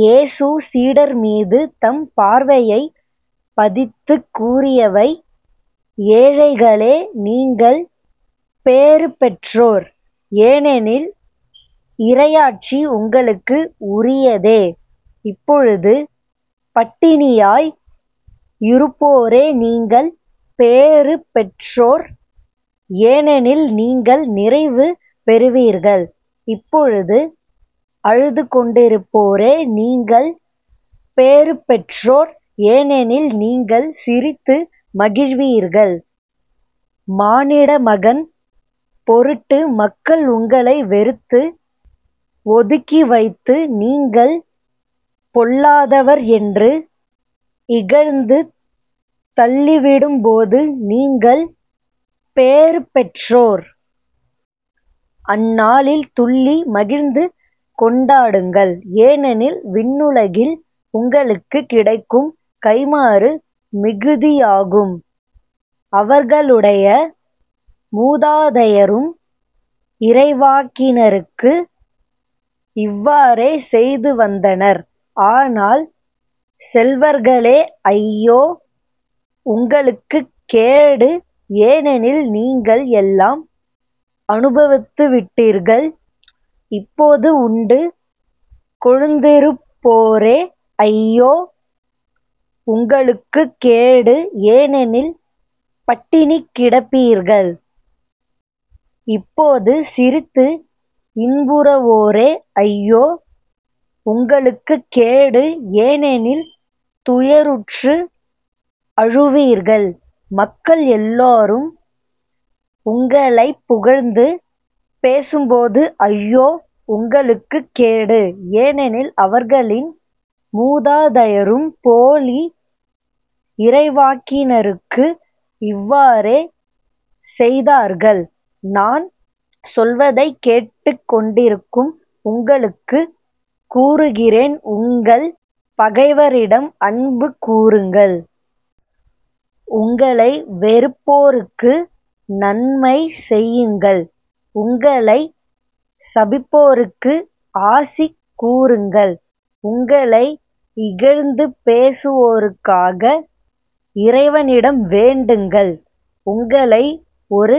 இயேசு சீடர்மீது தம் பார்வையைப் பதித்துக் கூறியவை"ஏழைகளே, நீங்கள் பேறுபெற்றோர். ஏனெனில் இறையாட்சி உங்களுக்கு உரியதே. இப்பொழுது பட்டினியாய் இருப்போரே நீங்கள் பேறு பெற்றோர் ஏனெனில் நீங்கள் நிறைவு பெறுவீர்கள். இப்பொழுது அழுதுகொண்டிருப்போரே நீங்கள் பேறுபெற்றோர் ஏனெனில் நீங்கள் சிரித்து மகிழ்வீர்கள். மானிடமகன் பொருட்டு மக்கள் உங்களை வெறுத்து, ஒதுக்கிவைத்து நீங்கள் பொல்லாதவர் என்று இகழ்ந்து தள்ளிவிடும்போது நீங்கள் பேறுபெற்றோர். அந்நாளில் துள்ளி மகிழ்ந்து கொண்டாடுங்கள் ஏனெனில் விண்ணுலகில் உங்களுக்குக் கிடைக்கும் கைம்மாறு மிகுதியாகும். அவர்களுடைய மூதாதையரும் இறைவாக்கினருக்கு இவ்வாறே செய்துவந்தனர். ஆனால் செல்வர்களே ஐயோ. உங்களுக்குக் கேடு. ஏனெனில் நீங்கள் எல்லாம் அனுபவித்துவிட்டீர்கள். இப்போது உண்டு கொழுந்திருப்போரே ஐயோ. உங்களுக்குக் கேடு. ஏனெனில் பட்டினி கிடப்பீர்கள். இப்போது சிரித்து இன்புறுவோரே ஐயோ. உங்களுக்குக் கேடு. ஏனெனில் துயருற்று அழுவீர்கள். மக்கள் எல்லாரும் உங்களைப் புகழ்ந்து பேசும்போது ஐயோ. உங்களுக்குக் கேடு. ஏனெனில் அவர்களின் மூதாதையரும் போலி இறைவாக்கினருக்கு இவ்வாறே செய்தார்கள். நான் சொல்வதைக் கேட்டுக் கொண்டிருக்கும் உங்களுக்குக் கூறுகிறேன் உங்கள் பகைவரிடம் அன்பு கூருங்கள். உங்களை வெறுப்போருக்கு நன்மை செய்யுங்கள். உங்களைச் சபிப்போருக்கு ஆசி கூறுங்கள். உங்களை இகழ்ந்து பேசுவோருக்காக இறைவனிடம் வேண்டுங்கள். உங்களை ஒரு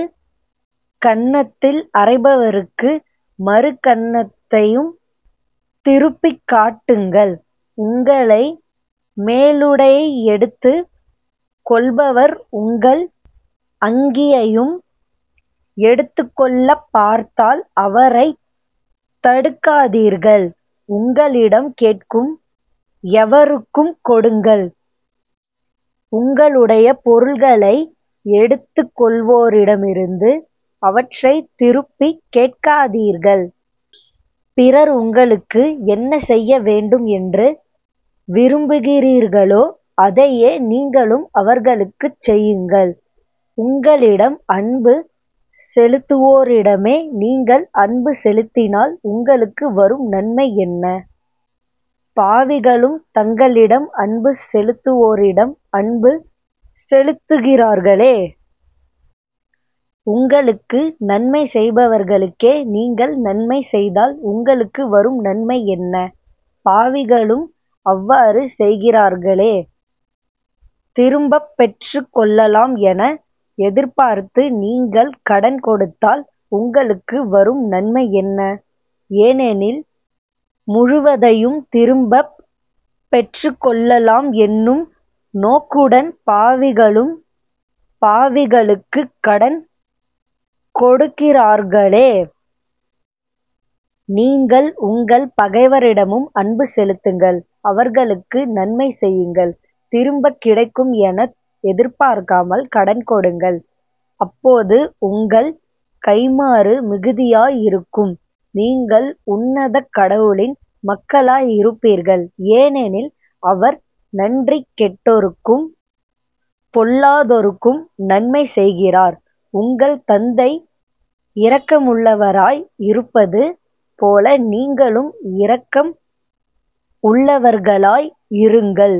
கன்னத்தில் அறைபவருக்கு மறு கன்னத்தையும் திருப்பிக் காட்டுங்கள். உங்களை மேலுடையை எடுத்துக் கொள்பவர் உங்கள் அங்கியையும் எடுத்துக்கொள்ளப் பார்த்தால் அவரைத் தடுக்காதீர்கள். உங்களிடம் கேட்கும் எவருக்கும் கொடுங்கள். உங்களுடைய பொருள்களை எடுத்துக் கொள்வோரிடமிருந்து அவற்றைத் திருப்பிக் கேட்காதீர்கள். பிறர் உங்களுக்கு என்ன செய்ய வேண்டும் என்று விரும்புகிறீர்களோ அதையே நீங்களும் அவர்களுக்குச் செய்யுங்கள். உங்களிடம் அன்பு செலுத்துவோரிடமே நீங்கள் அன்பு செலுத்தினால் உங்களுக்கு வரும் நன்மை என்ன? பாவிகளும் தங்களிடம் அன்பு செலுத்துவோரிடம் அன்பு செலுத்துகிறார்களே. உங்களுக்கு நன்மை செய்பவர்களுக்கே நீங்கள் நன்மை செய்தால் உங்களுக்கு வரும் நன்மை என்ன? பாவிகளும் அவ்வாறு செய்கிறார்களே. திரும்பப் பெற்றுக் கொள்ளலாம் என எதிர்பார்த்து நீங்கள் கடன் கொடுத்தால் உங்களுக்கு வரும் நன்மை என்ன? ஏனெனில் முழுவதையும் திரும்பப் பெற்றுக்கொள்ளலாம் என்னும் நோக்குடன் பாவிகளும் பாவிகளுக்குக் கடன் கொடுக்கிறார்களே. நீங்கள் உங்கள் பகைவரிடமும் அன்பு செலுத்துங்கள். அவர்களுக்கு நன்மை செய்யுங்கள் திரும்பக் கிடைக்கும் என எதிர்பார்க்காமல் கடன் கொடுங்கள். அப்போது உங்கள் கைம்மாறு மிகுதியாய் இருக்கும். நீங்கள் உன்னத கடவுளின் மக்களாய் இருப்பீர்கள். ஏனெனில் அவர் நன்றி கெட்டோ ருக்கும் பொல்லாதோருக்கும் நன்மை செய்கிறார். உங்கள் தந்தை இரக்கமுள்ளவராய் இருப்பது போல நீங்களும் இரக்கம் உள்ளவர்களாய் இருங்கள்.